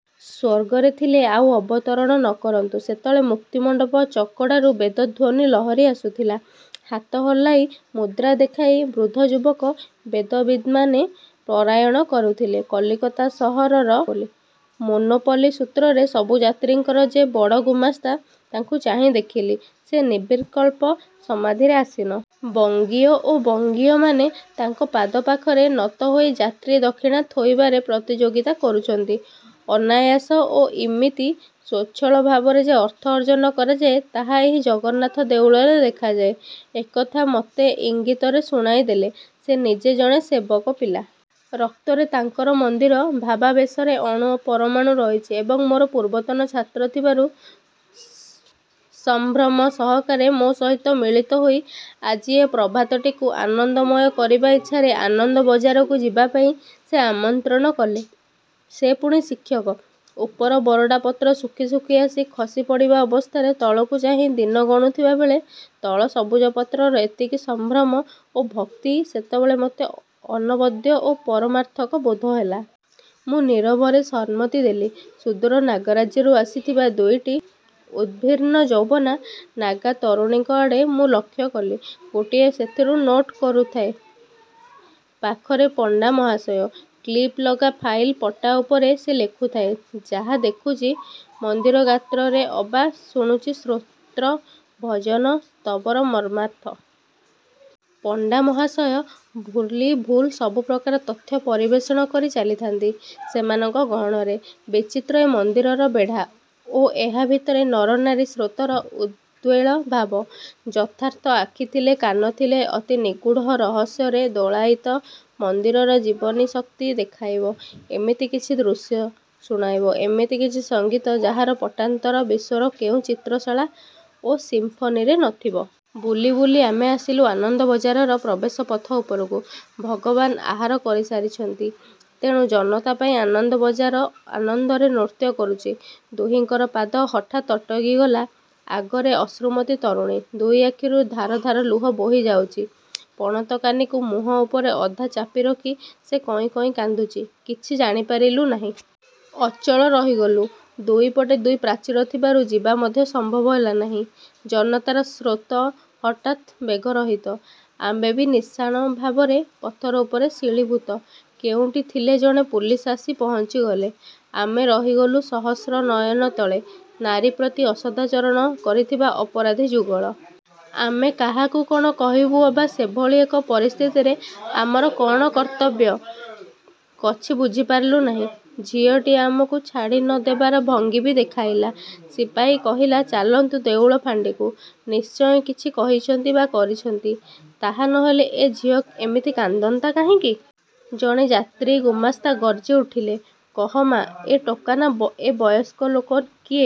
ସ୍ୱର୍ଗରେ ଥିଲେ ଆଉ ଅବତରଣ ନ କରନ୍ତୁ। ସେତେବେଳେ ମୁକ୍ତିମଣ୍ଡପ ଚକଡ଼ାରୁ ବେଦଧ୍ଵନୀ ଲହରୀ ଆସୁଥିଲା। ହାତ ହଲାଇ, ମୁଦ୍ରା ଦେଖାଇ ବୃଦ୍ଧ ଯୁବକ ବେଦବିତ୍ମାନେ ପରାୟଣ କରୁଥିଲେ। କଲିକତା ସହରର ମୋନୋପଲି ସୂତ୍ରରେ ସବୁ ଯାତ୍ରୀଙ୍କର ଯେ ବଡ଼ ଗୁମାସ୍ତା, ତାଙ୍କୁ ଚାହିଁ ଦେଖିଲି, ସେ ନିର୍ବିକଳ୍ପ ସମାଧିରେ ଆସୀନ। ବଙ୍ଗୀୟ ଓ ବଙ୍ଗୀୟମାନେ ତାଙ୍କ ପାଦ ପାଖରେ ନତ ହୋଇ ଯାତ୍ରୀ ଦକ୍ଷିଣା ଥୋଇବାରେ ପ୍ରତିଯୋଗିତା କରୁଛନ୍ତି। ଅନାୟାସ ଓ ଇମିତି ସ୍ୱଚ୍ଛଳ ଭାବରେ ଯେ ଅର୍ଥ ଅର୍ଜନ କରାଯାଏ, ତାହା ଏହି ଜଗନ୍ନାଥ ଦେଉଳରେ ଦେଖାଯାଏ। ଏକଥା ଯେ ମତେ ଇଙ୍ଗିତରେ ଶୁଣାଇଦେଲେ, ସେ ନିଜେ ଜଣେ ସେବକ ପିଲା। ରକ୍ତରେ ତାଙ୍କର ମନ୍ଦିର ଭାବାବେଶର ଅଣୁ ପରମାଣୁ ରହିଛି ଏବଂ ମୋର ପୂର୍ବତନ ଛାତ୍ର ଥିବାରୁ ସଂଭ୍ରମ ସହକାରେ ମୋ ସହିତ ମିଳିତହୋଇ ଆଜି ଏ ପ୍ରଭାତଟିକୁ ଆନନ୍ଦମୟ କରିବା ଇଚ୍ଛାରେ ଅନନ୍ଦବଜାରକୁ ଯିବା ପାଇଁ ସେ ଆମନ୍ତ୍ରଣ କଲେ। ସେ ପୁଣି ଶିକ୍ଷକ। ଉପର ବରଡ଼ା ପତ୍ର ଶୁଖି ଶୁଖି ଆସି ଖସି ପଡ଼ିବା ଅବସ୍ଥାରେ ତଳକୁ ଚାହିଁ ଦିନ ଗଣୁଥିବାବେଳେ ତଳ ସବୁଜ ପତ୍ରର ଏତିକି ସଂଭ୍ରମ ଓ ଭକ୍ତି ସେତେବେଳେ ମତେ ଅନବଦ୍ୟ ଓ ପାରମାର୍ଥିକ ବୋଧହେଲା। ମୁଁ ନୀରବରେ ସମ୍ମତି ଦେଲି। ସୁଦୂର ନାଗାରାଜ୍ୟରୁ ଆସିଥିବା ଦୁଇଟି ଉଦ୍ଭିନ୍ନଯୌବନା ନାଗା ତରୁଣୀଙ୍କ ଆଡ଼େ ମୁଁ ଲକ୍ଷ କଲି। ଗୋଟିଏ ସେଥିରୁ ନୋଟ୍ କରୁଥାଏ। ପାଖରେ ପଣ୍ଡା ମହାଶୟ। କ୍ଲିପ୍ ଲଗା ଫାଇଲ୍ ପଟା ଉପରେ ସେ ଲେଖୁଥାଏ, ଯାହା ଦେଖୁଛି ମନ୍ଦିର ଗାତ୍ରରେ ଅବା ଶୁଣୁଛି ସ୍ତୋତ୍ର, ଭଜନ, ସ୍ତବର ମର୍ମାର୍ଥ। ପଣ୍ଡାମହାଶୟ ଭୁଲ୍ନିର୍ଭୁଲ ସବୁ ପ୍ରକାର ତଥ୍ୟ ପରିବେଷଣ କରି ଚାଲିଥାନ୍ତି ସେମାନଙ୍କ ଗହଣରେ। ବିଚିତ୍ର ଏ ମନ୍ଦିରର ବେଢ଼ା ଓ ଏହା ଭିତରେ ନରନାରୀ ସ୍ରୋତର ଉଦ୍ବେଳ ଭାବ! ଯଥାର୍ଥ ଆଖି ଥିଲେ, କାନ ଥିଲେ, ଅତି ନିଗୂଢ଼ ରହସ୍ୟରେ ଦୋଳାୟିତ ମନ୍ଦିରର ଜୀବନୀ ଶକ୍ତି ଦେଖାଇବ ଏମିତି କିଛି ଦୃଶ୍ୟ, ଶୁଣାଇବ ଏମିତି କିଛି ସଙ୍ଗୀତ ଯାହାର ପଟାନ୍ତର ବିଶ୍ଵର କେଉଁ ଚିତ୍ରଶାଳା ଓ ସିଂଫନିରେ ନଥିବ। ବୁଲି ବୁଲି ଆମେ ଆସିଲୁ ଆନନ୍ଦବଜାରର ପ୍ରବେଶ ପଥ ଉପରକୁ ଭଗବାନ ଆହାର କରିସାରିଛନ୍ତି, ତେଣୁ ଜନତା ପାଇଁ ଆନନ୍ଦବଜାର ଆନନ୍ଦରେ ନୃତ୍ୟ କରୁଛି। ଦୁହିଁଙ୍କର ପାଦ ହଠାତ୍ ଅଟକିଗଲା। ଆଗରେ ଅଶ୍ରୁମତୀ ତରୁଣୀ। ଦୁଇ ଆଖିରୁ ଧାର ଧାର ଲୁହ ବୋହି ଯାଉଛି। ପଣତକାନିକୁ ମୁହଁ ଉପରେ ଅଧା ଚାପିରଖି ସେ କଇଁ କଇଁ କାନ୍ଦୁଛି, କିଛି ଜାଣିପାରିଲୁ ନାହିଁ। ଅଚଳ ରହିଗଲୁ। ଦୁଇପଟେ ଦୁଇ ପ୍ରାଚୀର ଥିବାରୁ ଯିବା ମଧ୍ୟ ସମ୍ଭବ ହେଲା ନାହିଁ। ଜନତାର ସ୍ରୋତ ହଠାତ୍ ବେଗରହିତ। ଆମେ ବି ନିଶାଣ ଭାବରେ ପଥର ଉପରେ ଶିଳୀଭୂତ। କେଉଁଠି ଥିଲେ ଜଣେ ପୁଲିସ୍ ଆସି ପହଞ୍ଚିଗଲେ। ଆମେ ରହିଗଲୁ ସହସ୍ର ନୟନ ତଳେ-ନାରୀ ପ୍ରତି ଅସଦାଚରଣ କରିଥିବା ଅପରାଧୀଯୁଗଳ। ଆମେ କାହାକୁ କଣ କହିବୁ ଅବା ସେଭଳି ଏକ ପରିସ୍ଥିତିରେ ଆମର କଅଣ କର୍ତ୍ତବ୍ୟ, କଛି ବୁଝିପାରିଲୁ ନାହିଁ। ଝିଅଟି ଆମକୁ ଛାଡ଼ି ନ ଦେବାର ଭଙ୍ଗୀ ବି ଦେଖାଇଲା। ସିପାହୀ କହିଲା–ଚାଲନ୍ତୁ ଦେଉଳ ଫାଣ୍ଡିକୁ। ନିଶ୍ଚୟ କିଛି କହିଛନ୍ତି ବା କରିଛନ୍ତି, ତାହା ନହେଲେ ଏ ଝିଅ ଏମିତି କାନ୍ଦନ୍ତା କାହିଁକି? ଜଣେ ଯାତ୍ରୀ ଗୁମସ୍ତା ଗର୍ଜିଉଠିଲେ–କହ ମା, ଏ ଟୋକା ନା ଏ ବୟସ୍କ ଲୋକ–କିଏ